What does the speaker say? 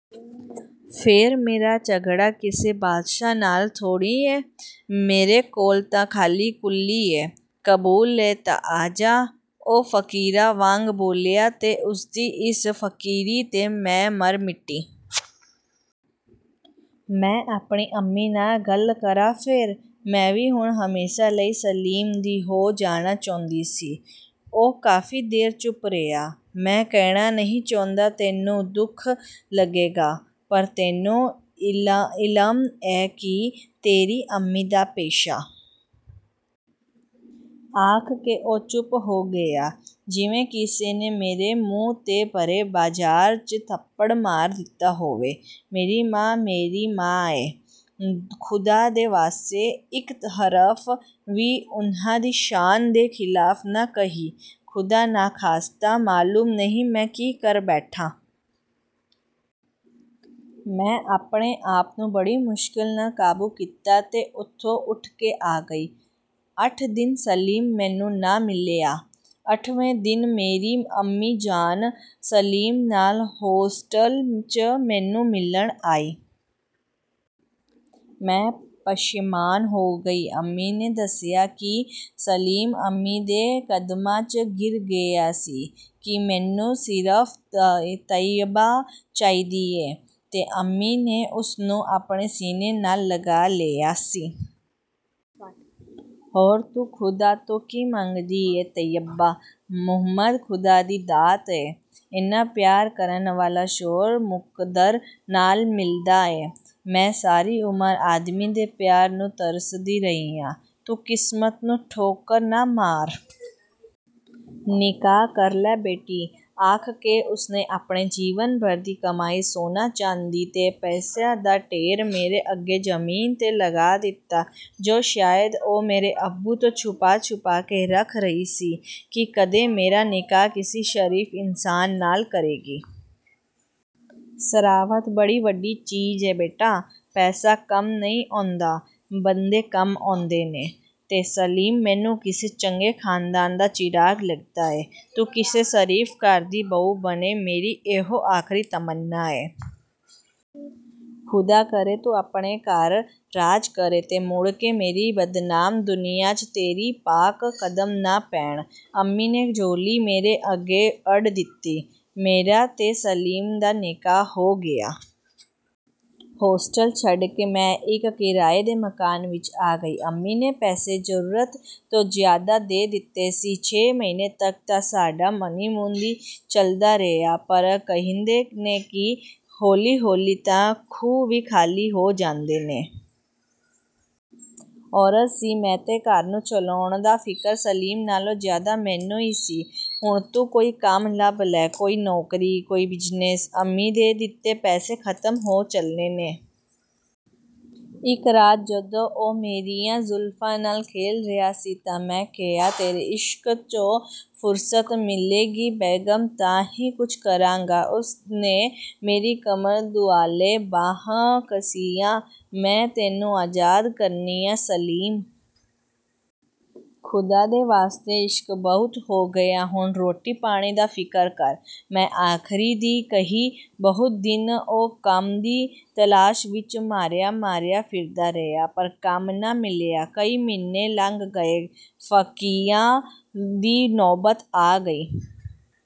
ਫੇਰ ਮੇਰਾ ਝਗੜਾ ਕਿਸੇ ਬਾਦਸ਼ਾਹ ਨਾਲ ਥੋੜ੍ਹੀ ਏ। ਮੇਰੇ ਕੋਲ ਤਾਂ ਖਾਲੀ ਕੁੱਲੀ ਏ, ਕਬੂਲ ਏ ਤਾਂ ਆ ਜਾ…। " ਉਹ ਫ਼ਕੀਰਾਂ ਵਾਂਗ ਬੋਲਿਆ ਤੇ ਉਸ ਦੀ ਇਸ ਫਕੀਰੀ 'ਤੇ ਮੈਂ ਮਰ ਮਿਟੀ। "ਮੈਂ ਆਪਣੀ ਅੰਮੀ ਨਾਲ ਗੱਲ ਕਰਾਂ ਫੇਰ? " ਮੈਂ ਵੀ ਹੁਣ ਹਮੇਸ਼ਾ ਲਈ ਸਲੀਮ ਦੀ ਹੋ ਜਾਣਾ ਚਾਹੁੰਦੀ ਸੀ। ਉਹ ਕਾਫੀ ਦੇਰ ਚੁੱਪ ਰਿਹਾ। ਮੈਂ ਕਹਿਣਾ ਨਹੀਂ ਚਾਹੁੰਦਾ, ਤੈਨੂੰ ਦੁੱਖ ਲੱਗੇਗਾ। ਪਰ ਤੈਨੂੰ ਇਲਮ ਏ ਕਿ ਤੇਰੀ ਅੰਮੀ ਦਾ ਪੇਸ਼ਾ…! " ਆਖ ਕੇ ਉਹ ਚੁੱਪ ਹੋ ਗਿਆ। ਜਿਵੇਂ ਕਿਸੇ ਨੇ ਮੇਰੇ ਮੂੰਹ 'ਤੇ ਭਰੇ ਬਾਜ਼ਾਰ 'ਚ ਥੱਪੜ ਮਾਰ ਦਿੱਤਾ ਹੋਵੇ। ਮੇਰੀ ਮਾਂ ਮੇਰੀ ਮਾਂ ਏ। ਖ਼ੁਦਾ ਦੇ ਵਾਸਤੇ ਇੱਕ ਹਰਫ ਵੀ ਉਨ੍ਹਾਂ ਦੀ ਸ਼ਾਨ ਦੇ ਖਿਲਾਫ ਨਾ ਕਹੀਂ… ਖੁਦਾ ਨਾਖਾਸਤਾ ਮਾਲੂਮ ਨਹੀਂ ਮੈਂ ਕੀ ਕਰ ਬੈਠਾਂ। " ਮੈਂ ਆਪਣੇ ਆਪ ਨੂੰ ਬੜੀ ਮੁਸ਼ਕਿਲ ਨਾਲ ਕਾਬੂ ਕੀਤਾ ਤੇ ਉਥੋਂ ਉਠ ਕੇ ਆ ਗਈ। ਅੱਠ ਦਿਨ ਸਲੀਮ ਮੈਨੂੰ ਨਾ ਮਿਲਿਆ। ਅੱਠਵੇਂ ਦਿਨ ਮੇਰੀ ਅੰਮੀ ਜਾਨ ਸਲੀਮ ਨਾਲ ਹੋਸਟਲ 'ਚ ਮੈਨੂੰ ਮਿਲਣ ਆਈ। ਮੈਂ ਪਸ਼ੇਮਾਨ ਹੋ ਗਈ। ਅੰਮੀ ਨੇ ਦੱਸਿਆ ਕਿ ਸਲੀਮ ਅੰਮੀ ਦੇ ਕਦਮਾਂ 'ਚ ਗਿਰ ਗਿਆ ਸੀ ਕਿ ਮੈਨੂੰ ਸਿਰਫ ਤਈਅਬਾ ਚਾਹੀਦੀ ਏ। ਤੇ ਅੰਮੀ ਨੇ ਉਸ ਨੂੰ ਆਪਣੇ ਸੀਨੇ ਨਾਲ ਲਗਾ ਲਿਆ ਸੀ। "ਹੋਰ ਤੂੰ ਖ਼ੁਦਾ ਤੋਂ ਕੀ ਮੰਗਣੀ ਏਂ ਤਈਅਬਾ, ਮੁਹੱਬਤ ਖ਼ੁਦਾ ਦੀ ਦਾਤ ਏ। ਇੰਨਾ ਪਿਆਰ ਕਰਨ ਵਾਲਾ ਸ਼ੋਹਰ ਮੁਕੱਦਰ ਨਾਲ ਮਿਲਦਾ ਏ। ਮੈਂ ਸਾਰੀ ਉਮਰ ਆਦਮੀ ਦੇ ਪਿਆਰ ਨੂੰ ਤਰਸਦੀ ਰਹੀ ਆਂ। ਤੂੰ ਕਿਸਮਤ ਨੂੰ ਠੋਕਰ ਨਾ ਮਾਰ। ਨਿਕਾਹ ਕਰ ਲੈ ਬੇਟੀ। " ਆਖ ਕੇ ਉਸ ਨੇ ਆਪਣੇ ਜੀਵਨ ਭਰ ਦੀ ਕਮਾਈ ਸੋਨਾ ਚਾਂਦੀ ਤੇ ਪੈਸਿਆਂ ਦਾ ਢੇਰ ਮੇਰੇ ਅੱਗੇ ਜ਼ਮੀਨ 'ਤੇ ਲਗਾ ਦਿੱਤਾ ਜੋ ਸ਼ਾਇਦ ਉਹ ਮੇਰੇ ਅੱਬੂ ਤੋਂ ਛੁਪਾ ਛੁਪਾ ਕੇ ਰੱਖ ਰਹੀ ਸੀ ਕਿ ਕਦੇ ਮੇਰਾ ਨਿਕਾਹ ਕਿਸੇ ਸ਼ਰੀਫ ਇਨਸਾਨ ਨਾਲ ਕਰੇਗੀ। "ਸ਼ਰਾਫ਼ਤ ਬੜੀ ਵੱਡੀ ਚੀਜ਼ ਏ ਬੇਟਾ….। ਪੈਸਾ ਕੰਮ ਨਹੀਂ ਆਉਂਦਾ, ਬੰਦੇ ਕੰਮ ਆਉਂਦੇ ਨੇ, ਤੇ ਸਲੀਮ ਮੈਨੂੰ ਕਿਸੇ ਚੰਗੇ ਖਾਨਦਾਨ ਦਾ ਚਿਰਾਗ ਲੱਗਦਾ ਏ। ਤੂੰ ਕਿਸੇ ਸ਼ਰੀਫ ਘਰ ਦੀ ਬਹੂ ਬਣੇਂ, ਮੇਰੀ ਇਹੀ ਆਖਰੀ ਤਮੰਨਾ ਏ…। ਖ਼ੁਦਾ ਕਰੇ ਤੂੰ ਆਪਣੇ ਘਰ ਰਾਜ ਕਰੇਂ ਤੇ ਮੁੜ ਕੇ ਮੇਰੀ ਬਦਨਾਮ ਦੁਨੀਆਂ 'ਚ ਤੇਰੇ ਪਾਕ ਕਦਮ ਨਾ ਪੈਣ। " ਅੰਮੀ ਨੇ ਝੋਲੀ ਮੇਰੇ ਅੱਗੇ ਅੱਡ ਦਿੱਤੀ। ਮੇਰਾ ਤੇ ਸਲੀਮ ਦਾ ਨਿਕਾਹ ਹੋ ਗਿਆ। ਹੋਸਟਲ ਛੱਡ ਕੇ ਮੈਂ ਇੱਕ ਕਿਰਾਏ ਦੇ ਮਕਾਨ ਵਿਚ ਆ ਗਈ। ਅੰਮੀ ਨੇ ਪੈਸੇ ਜ਼ਰੂਰਤ ਤੋਂ ਜ਼ਿਆਦਾ ਦੇ ਦਿੱਤੇ ਸੀ। ਛੇ ਮਹੀਨੇ ਤੱਕ ਤਾਂ ਸਾਡਾ ਹਨੀਮੂਨ ਹੀ ਚੱਲਦਾ ਰਿਹਾ। ਪਰ ਕਹਿੰਦੇ ਨੇ ਕਿ ਹੌਲੀ ਹੌਲੀ ਤਾਂ ਖੂਹ ਵੀ ਖਾਲੀ ਹੋ ਜਾਂਦੇ ਨੇ। ਔਰਤ ਸੀ ਮੈਂ ਤੇ ਘਰ ਨੂੰ ਚਲਾਉਣ ਦਾ ਫਿਕਰ ਸਲੀਮ ਨਾਲੋਂ ਜ਼ਿਆਦਾ ਮੈਨੂੰ ਹੀ ਸੀ। ਹੁਣ ਤੂੰ ਕੋਈ ਕੰਮ ਲੱਭ ਲੈ। ਕੋਈ ਨੌਕਰੀ…। ਕੋਈ ਬਿਜ਼ਨਸ਼..। ਅੰਮੀ ਦੇ ਦਿੱਤੇ ਪੈਸੇ ਖ਼ਤਮ ਹੋ ਚੱਲੇ ਨੇ। " ਇੱਕ ਰਾਤ ਜਦੋਂ ਉਹ ਮੇਰੀਆਂ ਜ਼ੁਲਫ਼ਾਂ ਨਾਲ ਖੇਲ ਰਿਹਾ ਸੀ ਤਾਂ ਮੈਂ ਕਿਹਾ। "ਤੇਰੇ ਇਸ਼ਕ 'ਚੋਂ ਫੁਰਸਤ ਮਿਲੇਗੀ ਬੇਗ਼ਮ ਤਾਂ ਹੀ ਕੁਝ ਕਰਾਂਗਾ। " ਉਸ ਨੇ ਮੇਰੀ ਕਮਰ ਦੁਆਲੇ ਬਾਹਾਂ ਕੱਸੀਆਂ। "ਮੈਂ ਤੈਨੂੰ ਆਜ਼ਾਦ ਕਰਨੀ ਆਂ ਸਲੀਮ। ਖ਼ੁਦਾ ਦੇ ਵਾਸਤੇ ਇਸ਼ਕ ਬਹੁਤ ਹੋ ਗਿਆ। ਹੁਣ ਰੋਟੀ ਪਾਣੀ ਦਾ ਫਿਕਰ ਕਰ। " ਮੈਂ ਅਖੀਰ ਦੀ ਕਹੀ। ਬਹੁਤ ਦਿਨ ਉਹ ਕੰਮ ਦੀ ਤਲਾਸ਼ ਵਿਚ ਮਾਰਿਆ ਮਾਰਿਆ ਫਿਰਦਾ ਰਿਹਾ, ਪਰ ਕੰਮ ਨਾ ਮਿਲਿਆ। ਕਈ ਮਹੀਨੇ ਲੰਘ ਗਏ। ਫਾਕਿਆਂ ਦੀ ਨੌਬਤ ਆ ਗਈ।